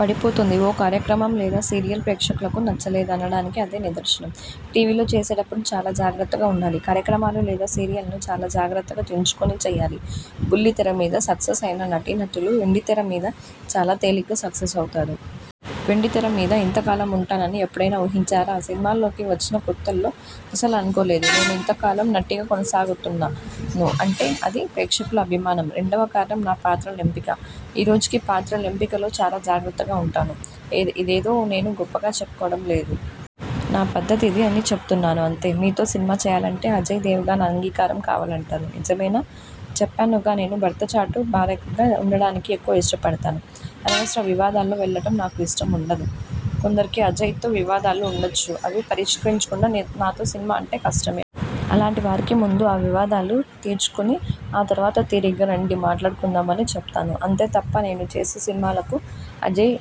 పడిపోతుంది. ఓ కార్యక్రమం లేదా సీరియల్ ప్రేక్షకులకు నచ్చలేదు అనడానికి అదే నిదర్శనం. టీవీలో చేసేటప్పుడు చాలా జాగ్రత్తగా ఉండాలి. కార్యక్రమాలు లేదా సీరియల్ను చాలా జాగ్రత్తగా ఎంచుకుని చేయాలి. బుల్లి తెర మీద సక్సెస్ అయిన నటీనటులు వెండితెర మీద చాలా తేలిగ్గా సక్సెస్ అవుతారు. వెండితెర మీద ఇంతకాలం ఉంటానని ఎప్పుడైనా ఊహించారా? సినిమాల్లోకి వచ్చిన కొత్తల్లో అస్సలు అనుకోలేదు. నేను ఇంత కాలం నటిగా కొనసాగగలుగుతున్నాను అంటే అది ప్రేక్షకుల అభిమానం. రెండవ కారణం నా పాత్రల ఎంపిక. ఈరోజుకీ పాత్రల ఎంపికలో చాలా జాగ్రత్తగా ఉంటాను. ఇదేదో నేను గొప్పగా చెప్పడం లేదు. నా పద్ధతి ఇది అని చెబుతున్నాను అంతే! మీతో సినిమా చేయాలంటే అజయ్ దేవగన్ అంగీకారం కావాలంటారు నిజమేనా? చెప్పానుగా నేను భర్త చాటు భార్యగా ఉండడానికే ఎక్కువ ఇష్టపడతాను. అనవసరన వివాదాల్లోకి వెళ్ళడం నాకు ఇష్టం ఉండదు. కొందరికి అజయ్ తో వివాదాలు ఉండొచ్చు అవి పరిష్కరించుకోకుండా నాతో సినిమా అంటే కష్టమే! అలాంటి వారికి ముందు ఆ వివాదాలు తీర్చుకుని ఆ తరువాత తీరిగ్గా రండి మాట్లాడుకుందామని చెబుతాను. అంతే తప్ప నేను చేసే సినిమాలకు అజయ్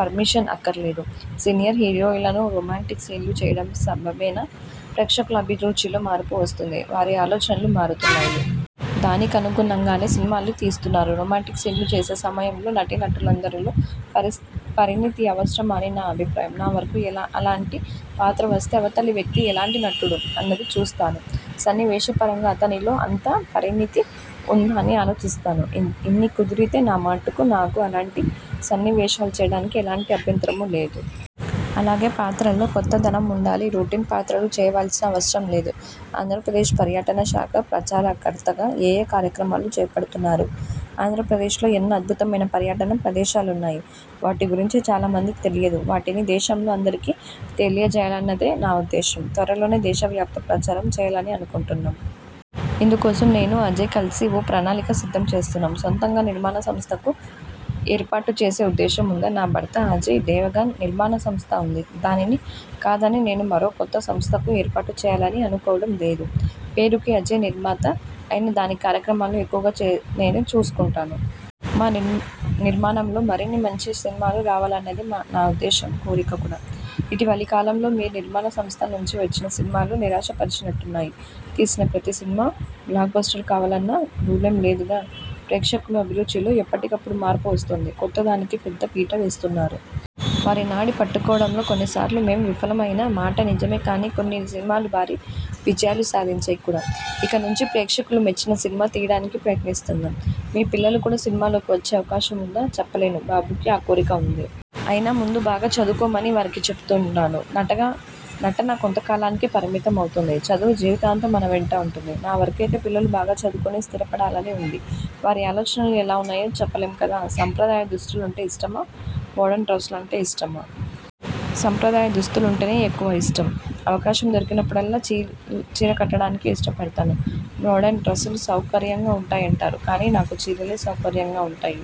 పర్మిషన్ అక్కర్లేదు. సీనియర్ హీరోయిన్లు రొమాంటిక్ సీన్లు చేయడం సబబేనా? ప్రేక్షకుల అభిరుచిలో మార్పు వస్తోంది. వారి ఆలోచనలూ మారుతున్నాయి. దానికనుగుణంగానే సినిమాలూ తీస్తున్నారు. రొమాంటిక్ సీన్లు చేసే సమయంలో నటీనటులిద్దరిలోనూ పరిణితి అవసరం అని నా అభిప్రాయం. నా వరకూ అలాంటి పాత్ర వస్తే అవతలి వ్యక్తి ఎలాంటి నటుడు? అన్నది చూస్తాను. సన్నివేశపరంగా అతనిలో అంత పరిణితి ఉందా అని ఆలోచిస్తాను. ఇన్ని కుదిరితే నా మటుకు నాకు అలాంటి సన్నివేశాలు చేయడానికి ఎలాంటి అభ్యంతరమూ లేదు. అలాగే పాత్రలో కొత్తదనం ఉండాలి. రొటీన్ పాత్రలూ చేయవలసిన అవసరం లేదు. ఆంధ్రప్రదేశ్ పర్యాటక శాఖ ప్రచారకర్తగా ఏఏ కార్యక్రమాలు చేపడుతున్నారు? ఆంధ్రప్రదేశ్లో ఎన్నో అద్భుతమైన పర్యాటక ప్రదేశాలున్నాయి. వాటి గురించి చాలామందికి తెలియదు. వాటిని దేశంలో అందరికీ తెలియజేయాలన్నదే నా ఉద్దేశం. త్వరలోనే దేశవ్యాప్త ప్రచారం చేయాలని అనుకుంటున్నాం. ఇందుకోసం నేనూ, అజయ్ కలిసి ఓ ప్రణాళిక సిద్దం చేస్తున్నాం. సొంతంగా నిర్మాణ సంస్థను ఏర్పాటు చేసే ఉద్దేశం ఉందా? నా భర్త అజయ్ దేవగన్ నిర్మాణ సంస్థ ఉంది. దానిని కాదని నేను మరో కొత్త సంస్థను ఏర్పాటు చేయాలని అనుకోవడం లేదు. పేరుకి అజయ్ నిర్మాత అయినా దాని కార్యక్రమాలు ఎక్కువగా చే నేనే చూస్తుంటాను. మా నీ నిర్మాణంలో మరిన్ని మంచి సినిమాలు రావాలన్నదే మా నా ఉద్దేశం, కోరిక కూడా! ఇటీవలి కాలంలో మీ నిర్మాణ సంస్థ నుంచి వచ్చిన సినిమాలు నిరాశపరిచినట్టున్నాయి? తీసిన ప్రతి సినిమా బ్లాక్బస్టర్ కావాలన్న రూలేం లేదుగా! ప్రేక్షకుల అభిరుచిలో ఎప్పటికప్పుడు మార్పు వస్తోంది. కొత్తదనానికి పెద్ద పీట వేస్తున్నారు. వారి నాడి పట్టుకోవడంలో కొన్నిసార్లు మేం విఫలం అయిన మాట నిజమే కానీ, కొన్ని సినిమాలు భారీ విజయాలు సాధించాయి కూడా! ఇక నుంచి ప్రేక్షకులు మెచ్చిన సినిమాలు తీయడానికే ప్రయత్నిస్తాం. మీ పిల్లలు కూడా సినిమాల్లోకి వచ్చే అవకాశం ఉందా? చెప్పలేను. బాబుకి ఆ కోరిక ఉంది. అయినా ముందు బాగా చదువుకోమని వారికి చెబుతుంటాను. నటన కొంతకాలానికే పరిమితం అవుతుంది. చదువు జీవితాంతం మన వెంట ఉంటుంది. నా వరకైతే పిల్లలు బాగా చదువుకొని స్థిరపడాలని ఉంది. వారి ఆలోచనలు ఎలా ఉన్నాయో చెప్పలేం కదా! సంప్రదాయ దుస్తులంటే ఇష్టమా? మోడ్రన్ డ్రస్సులంటే ఇష్టమా? సంప్రదాయ దుస్తులంటేనే ఎక్కువ ఇష్టం. అవకాశం దొరికినప్పుడల్లా చి చీర కట్డడానికే ఇష్టపడతాను. మోడ్రన్ డ్రస్సులు సౌకర్యంగా ఉంటాయంటారు కానీ నాకు చీరలే సౌకర్యంగా ఉంటాయి.